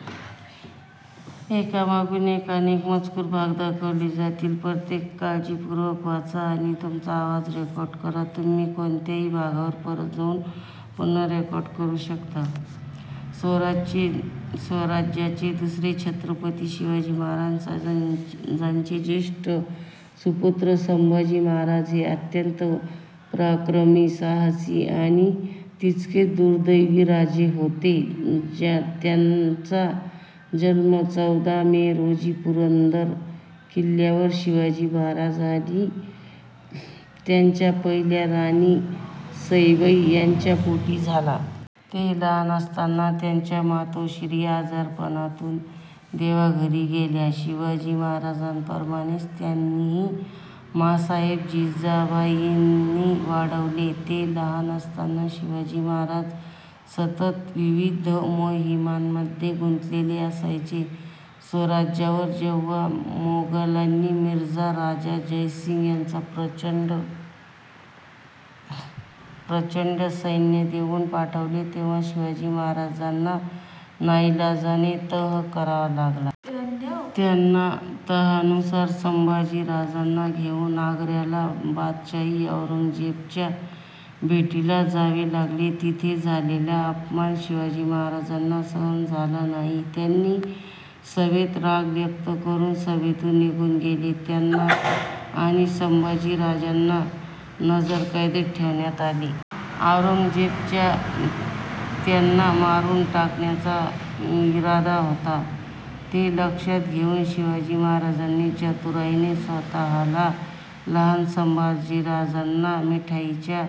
स्वराज्याचे दुसरे छत्रपती, शिवाजी महाराजांचे ज्येष्ठ सुपुत्र संभाजी महाराज हे अत्यंत पराक्रमी, साहसी आणि तितकेच दुर्दैवी राजे होते. त्यांचा जन्म चौदा मे रोजी पुरंदर किल्ल्यावर शिवाजी महाराज आणि त्यांच्या पहिल्या राणी सईबाई यांच्या पोटी झाला. ते लहान असतानाच त्यांच्या मातोश्री आजारपणातुन देवाघरी गेल्या. शिवाजी महाराजांप्रमाणेच त्यांनाही मांसाहेब जिजाबाईंनी वाढवले. ते लहान असताना शिवाजी महाराज सतत विविध मोहिमांमध्ये गुंतलेले असायचे. स्वराज्यावर जेव्हा मोगलांनी मिर्झा राजा जयसिंग यांना प्रचंड सैन्य देऊन पाठवले, तेव्हा शिवाजी महाराजांना नाईलाजाने तह करावा लागला. त्यांना तहानुसार संभाजी राजांना घेऊन आग्र्याला बादशहा औरंगजेबाच्या भेटीला जावे लागले. तिथे झालेला अपमान शिवाजी महाराजांना सहन झाला नाही आणि त्यांनी सभेत राग व्यक्त करून सभेतुन निघुन गेले. त्यांना आणि संभाजी राजांना नजरकैदेत ठेवण्यात आले. औरंगजेबाचा त्यांना मारून टाकण्याचा इरादा होता. ते लक्षात घेऊन शिवाजी महाराजांनी चतुराईने स्वतःला व लहान संभाजीराजांना मिठाईच्या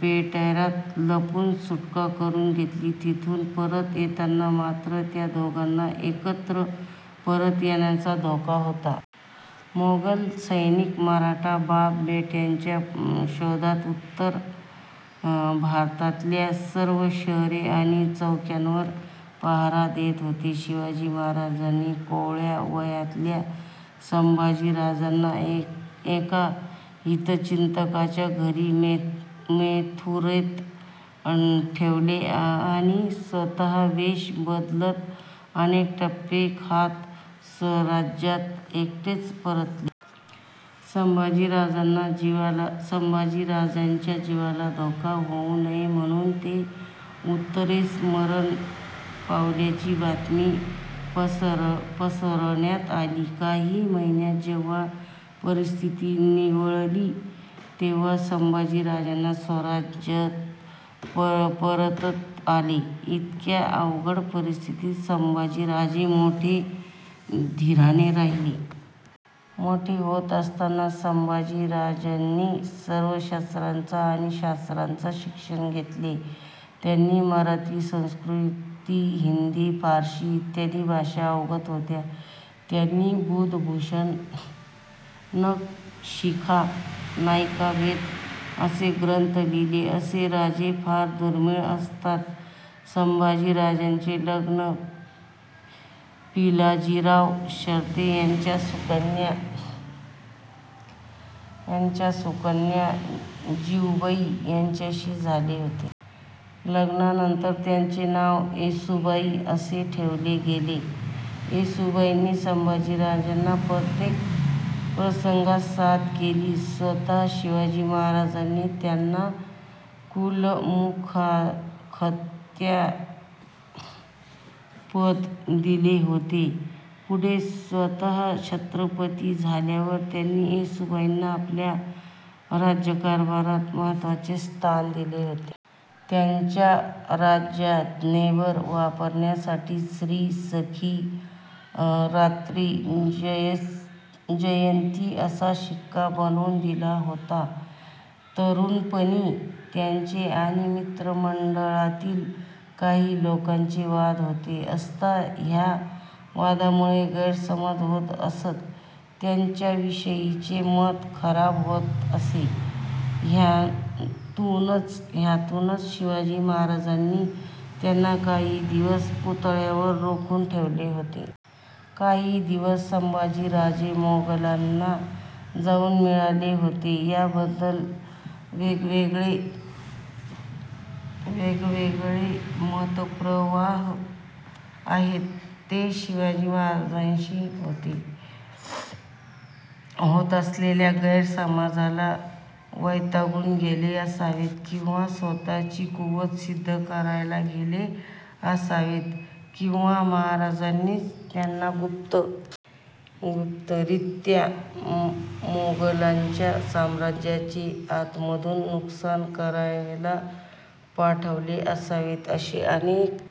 पेटाऱ्यात लपवुन सुटका करून घेतली. तिथुन परत येताना मात्र त्या दोघांनी एकत्र परत येण्यात धोका होता. मोगल सैनिक मराठा बाप बेट्यांच्या शोधात उत्तर भारतातल्या सर्व शहरे आणि चौक्यांवर पहारा देत होते. शिवाजी महाराजांनी कोवळ्या वयातल्या संभाजी राजांना एका हितचिंतकांच्या घरी मथुरेत ठेवले आणि स्वतः वेष बदलत अनेक टप्पे खात स्वराज्यात एकटेच परतले. संभाजी राजांच्या जीवाला धोका होऊ नये म्हणुन ते उत्तरेतच मरण पावल्याची बातमी पसरवण्यात आली. काही महिन्यांनी जेव्हा परिस्थिती निवळली तेव्हाच संभाजी राजांना स्वराज्यात परतत आले. इतक्या अवघड परिस्थितीत संभाजी राजे मोठ्या धीराने राहिले. मोठे होत असताना संभाजी राजांनी सर्व शस्त्रांचे आणि शास्त्रांचे शिक्षण घेतले. त्यांना मराठी, संस्कृत, हिंदी, फारशी इत्यादी भाषा अवगत होत्या. त्यांनी बुधभूषणम, नखशिखा, नायिकाभेद असे ग्रंथ लिहिले. असे राजे फार दुर्मिळ असतात. संभाजी राजांचे लग्न पिलाजीराव शिर्के यांची सुकन्या जिवुबाई यांच्याशी झाले होते. लग्नानंतर त्यांचे नाव येसूबाई असे ठेवले गेले. येसूबाईंनी संभाजीराजांना प्रत्येक प्रसंगात साथ केली. स्वतः शिवाजी महाराजांनी त्यांना कुलमुखत्यार हे पद दिले होते. पुढे स्वतः छत्रपती झाल्यावर त्यांनी येसूबाईंना आपल्या राज्यकारभारात महत्वाचे स्थान दिले होते. त्यांना राजाज्ञेवर वापरण्यासाठी श्री सखी राज्ञी जयंती असा शिक्का बनवुन दिला होता. तरुणपणी त्यांचे आणि मंत्रीमंडळातील काही लोकांचे वाद होत असत. ह्या वादांमुळे गैरसमज होत असत त्यांच्याविषयीचे मत खराब होत असे. ह्यातुनच शिवाजी महाराजांनी त्यांना काही दिवस पन्हाळ्यावर रोखुन ठेवले होते. काही दिवस संभाजी राजे मोगलांना जाऊन मिळाले होते. याबद्दल वेगवेगळे मतप्रवाह आहेत. ते शिवाजी महाराजांशी होत असलेल्या गैरसमजाला वैतागुन गेले असावेत किंवा स्वतःची कुवत सिद्ध करायला गेले असावेत किंवा शिवाजी महाराजांनीच त्यांना गुप्त रित्या मोगलांच्या साम्राज्याचे आतमधुन नुकसान करायला पाठवले असावे अशा अनेक